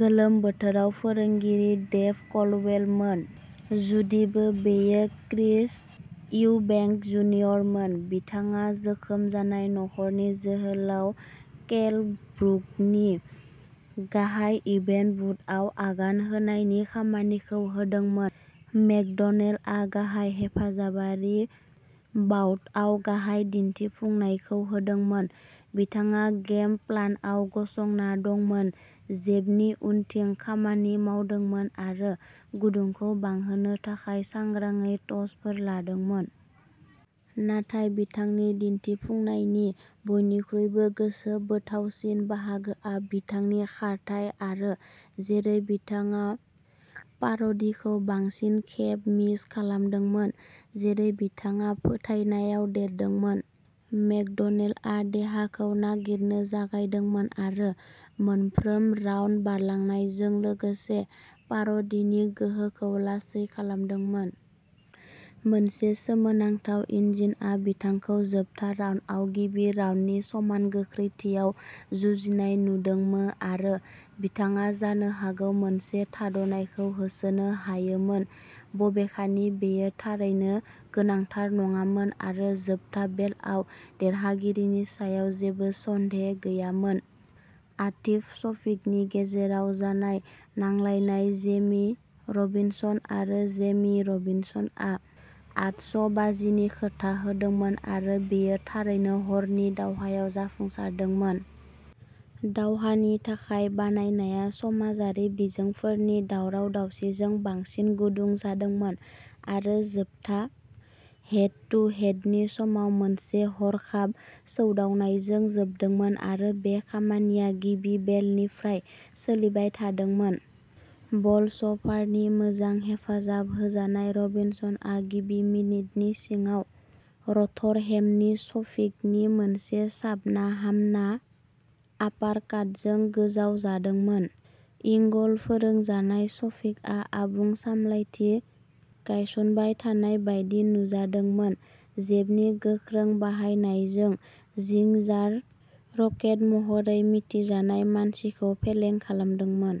गोलोम बोथोराव फोरोंगिरि डेभ क'ल्डवेलमोन। जुदिबो बेयो क्रिस इउबेंक जुनियरमोन बिथांङा जोखोम जानाय नख'रनि जोहोलाव केल ब्रुकनि गाहाय इभेन्ट बुटआव आगान होनायनि खामानिखौ होदोंमोन मेकड'नेलआ गाहाय हेफाजाबारि बाउटआव गाहाय दिन्थिफुंनायखौ होदोंमोन। बिथाङा गेम प्लानआव गसंना दंमोन जेबनि उनथिं खामानि मावदोंमोन आरो गुदुंखौ बांहोनो थाखाय सांग्राङै शटफोर लादोंमोन। नाथाय बिथांनि दिन्थिफुंनायनि बयनिख्रुइबो गोसोबोथावसिन बाहागोआ बिथांनि खारथाइ आरो जेरै बिथाङा पार'डीखौ बांसिन खेब मिस खालामदोंमोन जेरै बिथाङा फोथायनायाव देरदोंमोन मेकड'नेलआ देहाखौ नागिरनो जागायदोंमोन आरो मोनफ्रोम राउन्ड बारलांनायजों लोगोसे पार'डीनि गोहोखौ लासै खालामदोंमोन। मोनसे सोमोनांथाव इन्जिनआ बिथांखौ जोबथा राउन्डआव गिबि राउन्डनि समान गोख्रैथियाव जुजिनाय नुदोंमोआरो बिथाङा जानो हागौ मोनसे थाद'नायखौ होसोनो हायोमोन बबेखानि बेयो थारैनो गोनांथार नङामोन आरो जोबथा बेलआव देरहागिरिनि सायाव जेबो सन्देह गैयामोन। आतिफ शफिकनि गेजेराव जानाय नांलायनाय जेमी रबिनसन आरो जेमी रबिनसनआ आतसबाजिनि खोथा होदोंमोन आरो बेयो थारैनो हरनि दावहायाव जाफुंसारदोंमोन। दावहानि थाखाय बानायनाया समाजारि बिजोंफोरनि दावराव-दावसिजों बांसिन गुदुं जादोंमोन आरो जोबथा हेड टु हेडनि समाव मोनसे हरखाब सौदावनायजों जोबदोंमोन आरो बे खामानिया गिबि बेलनिफ्राय सोलिबाय थादोंमोन बलस'भारनि मोजां हेफाजाब होजानाय रबिनसनआ गिबि मिनिटनि सिङाव र'थरहेमनि शफिकनि मोनसे साबना हामना आपारकाटजों गोजावजादोंमोन इंगल फोरोंजानाय शफिकआ आबुं सामलायथि गायसनबाय थानाय बायदि नुजादोंमोन जेबनि गोख्रों बाहायनायजों'जिंजार रकेट'महरै मिथिजानाय मानसिखौ फेलें खालामदोंमोन।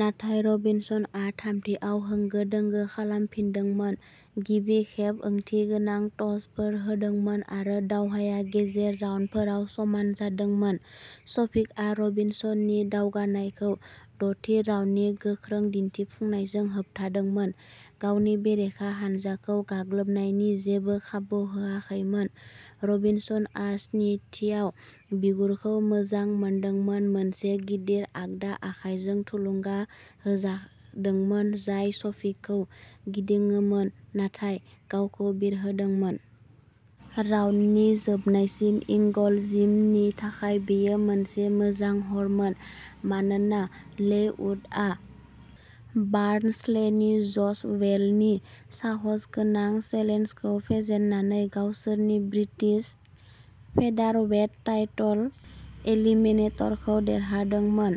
नाथाय रबिनसनआ थामथिआव होंगो दोंगो खालामफिनदोंमोन गिबि खेब ओंथिगोनां शटफोर होदोंमोन आरो दावहाया गेजेर राउन्डफोराव समान जादोंमोन। शफिकआ रबिनसननि दावगानायखौ द'थि राउन्डनि गोख्रों दिन्थिफुंनायजों होबथादोंमोन गावनि बेरेखा हान्जाखौ गाग्लोबनायनि जेबो खाबु होआखैमोन। रबिनसनआ स्निथिआव बिगुरखौ मोजां मोनदोंमोन मोनसे गिदिर आगदा आखायजों थुलुंगा होजादोंमोन जाय शफिकखौ गिदिङोमोन नाथाय गावखौ बिरहोदोंमोन। राउन्डनि जोबनायसिम इंगल जिमनि थाखाय बेयो मोनसे मोजां हरमोन मानोना लेइ वुडआ बार्नस्लेनि जश वेलनि साहसगोनां चेलेन्जखौ फेजेननानै गावसोरनि ब्रिटिश फेदारवेट टाइटल एलिमिनेटरखौ देरहादोंमोन।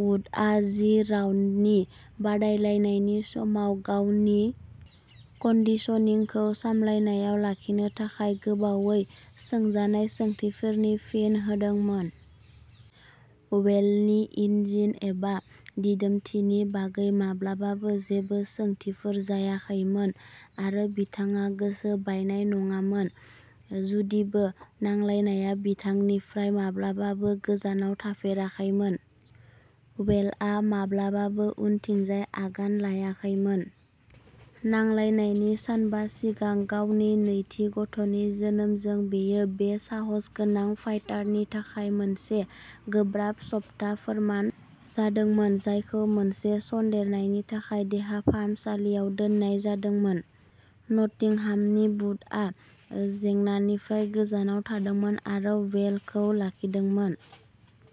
वुडआ जि राउन्डनि बादायलायनायनि समाव गावनि कन्डिशनिंखौ सामलायनायाव लाखिनो थाखाय गोबावै सोंजानाय सोंथिफोरनि फिन होदोंमोन। वेलनि इन्जिन एबा दिदोमथिनि बागै माब्लाबाबो जेबो सोंथिफोर जायाखैमोन आरो बिथाङा गोसो बायनाय नङामोन। जुदिबो नांलायनाया बिथांनिफ्राय माब्लाबाबो गोजानाव थाफेराखैमोन वेलआ माब्लाबाबो उनथिंजाय आगान लायाखैमोन। नांलायनायनि सानबा सिगां गावनि नैथि गथ'नि जोनोमजों बेयो बे साहसगोनां फाइटारनि थाखाय मोनसे गोब्राब सप्ता फोरमान जादोंमोन जायखौ मोनसे सन्देरनायनि थाखाय देहा फाहामसालियाव दोननाय जादोंमोन। नटिंहामनि वुडआ जेंनानिफ्राय गोजानाव थादोंमोन आरो वेलखौ लाखिदोंमोन।